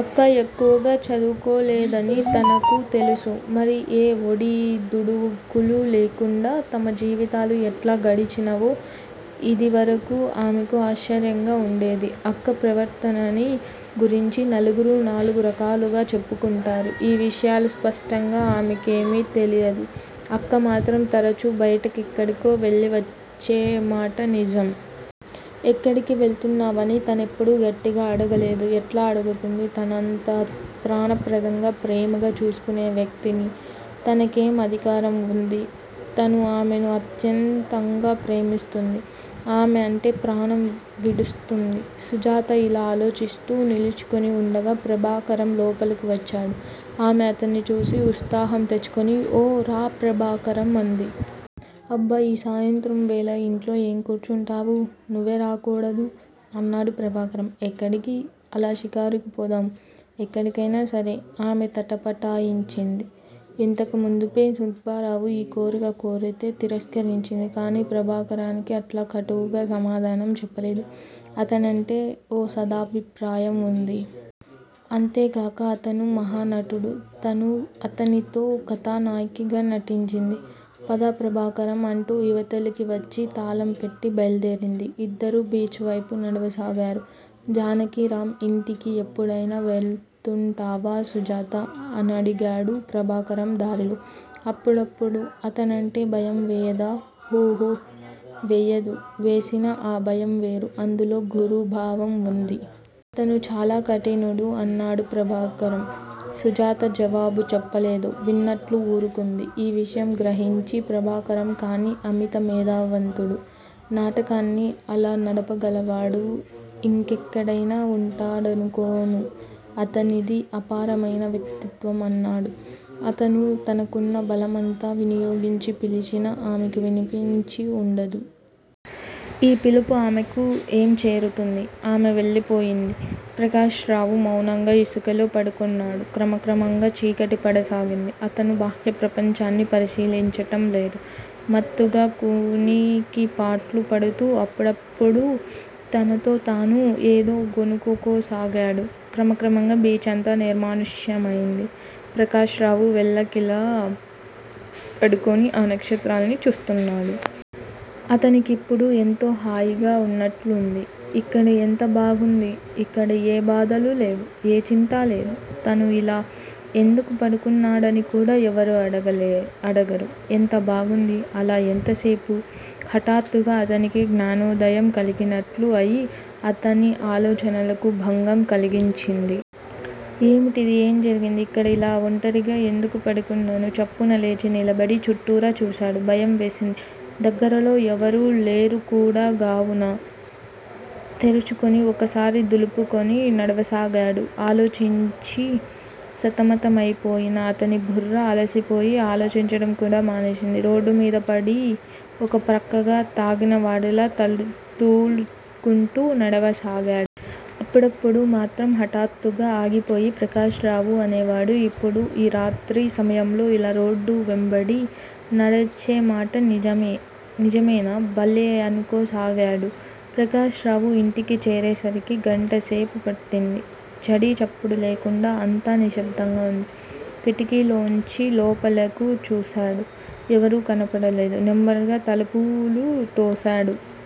అక్క ఎక్కువగా చదువుకోలేదని తనకు తెలుసు. మరి ఏ ఒడిదుడుకులూ లేకుండా తమ జీవితాలు ఎట్లా గడిచినవో యిదివరకు ఆమెకు ఆశ్చర్యంగా వుండేది. అక్క ప్రవర్తనని గురించి నలుగురూ నాలుగురకాలుగా చెప్పుకుంటారు. ఈ విషయాలు స్పష్టంగా ఆమెకేమీ తెలియదు. అక్కమాత్రం తరచూ బయటెక్కడికో వెళ్ళివచ్చే మాట నిజం. ఎక్కడికెళుతున్నావని తనెప్పుడూ గట్టిగా అడగలేదు. ఎట్లా అడుగుతుంది? తననంత ప్రాణప్రదంగా, ప్రేమగా చూసుకునే వ్యక్తిని, తనకేం అధికారం వుంది? తను ఆమెను అత్యంతంగా ప్రేమిస్తుంది. ఆమె అంటే ప్రాణం విడుస్తుంది. సుజాత ఇలా ఆలోచిస్తూ నిలుచుని వుండగా ప్రభాకరం లోపలకు వచ్చాడు. ఆమె అతన్ని చూసి ఉత్సాహం తెచ్చుకుని, 'ఓ, రా ప్రభాకరం' అంది. అబ్బ! ఈ సాయంత్రంవేళ యింట్లో ఏం కూర్చుంటావు? నువ్వే రాకూడదూ? అన్నాడు ప్రభాకరం. ఎక్కడికి? అలా షికారుకు పోదాం. ఎక్కడకైనా సరే. ఆమె తటపాటాయించింది. ఇంతకుమునుపే సుబ్బారావు ఈ కోరిక కోరితే తిరస్కరించింది. కానీ ప్రభాకరానికి అట్లా కటువుగా సమాధానం చెప్పలేదు. అతనంటే ఓ సదభిప్రాయం వుంది. అంతేగాక అతను మహానటుడు. తను అతనితో కధానాయకిగా నటించింది. పద ప్రభాకరం అంటూ ఇవతలికి వచ్చి, తాళంపెట్టి బయల్దేరింది. ఇద్దరూ బీచ్ వైపు నడవసాగారు. జానకిరాం ఇంటికి ఎపుడైనా వెడుతుంటావా సుజాతా? అనడిగాడు ప్రభాకరం దారిలో. అప్పుడప్పుడూ. అతనంటే భయం వేయదూ? ఉహూ, వెయ్యదు. వేసినా ఆ భయంవేరు అందులో గురుభావం వుంది. అతను చాలా కఠినుడు అన్నాడు ప్రభాకరం. సుజాత జవాబు చెప్పలేదు. విన్నట్లు ఊరుకుంది. ఈ విషయం గ్రహించి ప్రభాకరం కానీ అమిత మేధావంతుడు. నాటకాన్ని అలా నడపగలవాడు యింకెక్కడైనా వుంటాడనుకోను. అతనిది అపారమైన వ్యక్తిత్వం. అన్నాడు. అతను తనకున్న బలమంతా వినియోగించి పిలిచినా ఆమెకు వినిపించి వుండదు. యీ పిలుపు ఆమెకు ఏం చేరుతుంది? ఆమె వెళ్ళిపోయింది. ప్రకాశరావు మౌనంగా ఇసుకలో పడుకొన్నాడు. క్రమక్రమంగా చీకటి పడసాగింది. అతను బాహ్య ప్రపంచాన్ని పరిశీలించటం లేదు. మత్తుగా కునికిపాట్లు పడుతూ అప్పుడప్పుడూ తనలోతాను ఏదో గొణుగుకోసాగాడు. క్రమక్రమంగా బీచి అంతా నిర్మానుష్యంమైంది. ప్రకాశరావు వెల్లకిలా పడుకొని ఆ నక్షత్రాలని చూస్తున్నాడు. అతనికిప్పుడు ఎంతో హాయిగా వున్నట్లుంది. ఇక్కడ యెంత బాగుంది? ఇక్కడ ఏ బాధలూ లేవు. ఏ చింతా లేదు. తను ఇలా యెందుకు పడుకున్నాడని కూడా ఎవరూ అడగరు. ఎంత బాగుంది? అలా యెంతసేపు? హఠాత్తుగా అతనికి జ్ఞానోదయం కలిగినట్లు అయి అతని ఆలోచనలకు భంగం కలిగించింది. ఏమిటి? ఏం జరిగింది? ఇక్కడ ఇలా ఒంటరిగా యెందుకు పడుకున్నాను. చప్పున లేచి నిలబడి చుట్టూరా చూశాడు. భయం వేసింది. దగ్గరలో ఎవరూ లేరుకూడా గావును. తేరుకుని ఒకసారి దులుపుకొని నడవసాగాడు. ఆలోచించి సతమతమైపోయిన అతని బుర్ర అలసిపోయి ఆలోచించటం కూడా మానివేసింది. రోడ్డుమీదపడి ఒక ప్రక్కగా తాగినవాడిలా తూలుకుంటూ నడవసాగాడు. అప్పుడప్పుడూ మాత్రం హఠాత్తుగా ఆగిపోయి ప్రకాశరావు అనేవాడు యిప్పుడు ఈ రాత్రి సమయంలో ఇలా రోడ్డు వెంబడిపడి నడిచేమాట నిజమేనా? భలే అనుకోసాగాడు. ప్రకాశరావు ఇంటికి చేరేసరికి గంటసేపు పట్టింది. చడీచప్పుడూ లేకుండా అంతా నిశ్శబ్దంగా వుంది. కిటికీలోంచి లోపలకు చూశాడు. ఎవరూ కనబడలేదు. నెమ్మదిగా తలుపులు తోశాడు.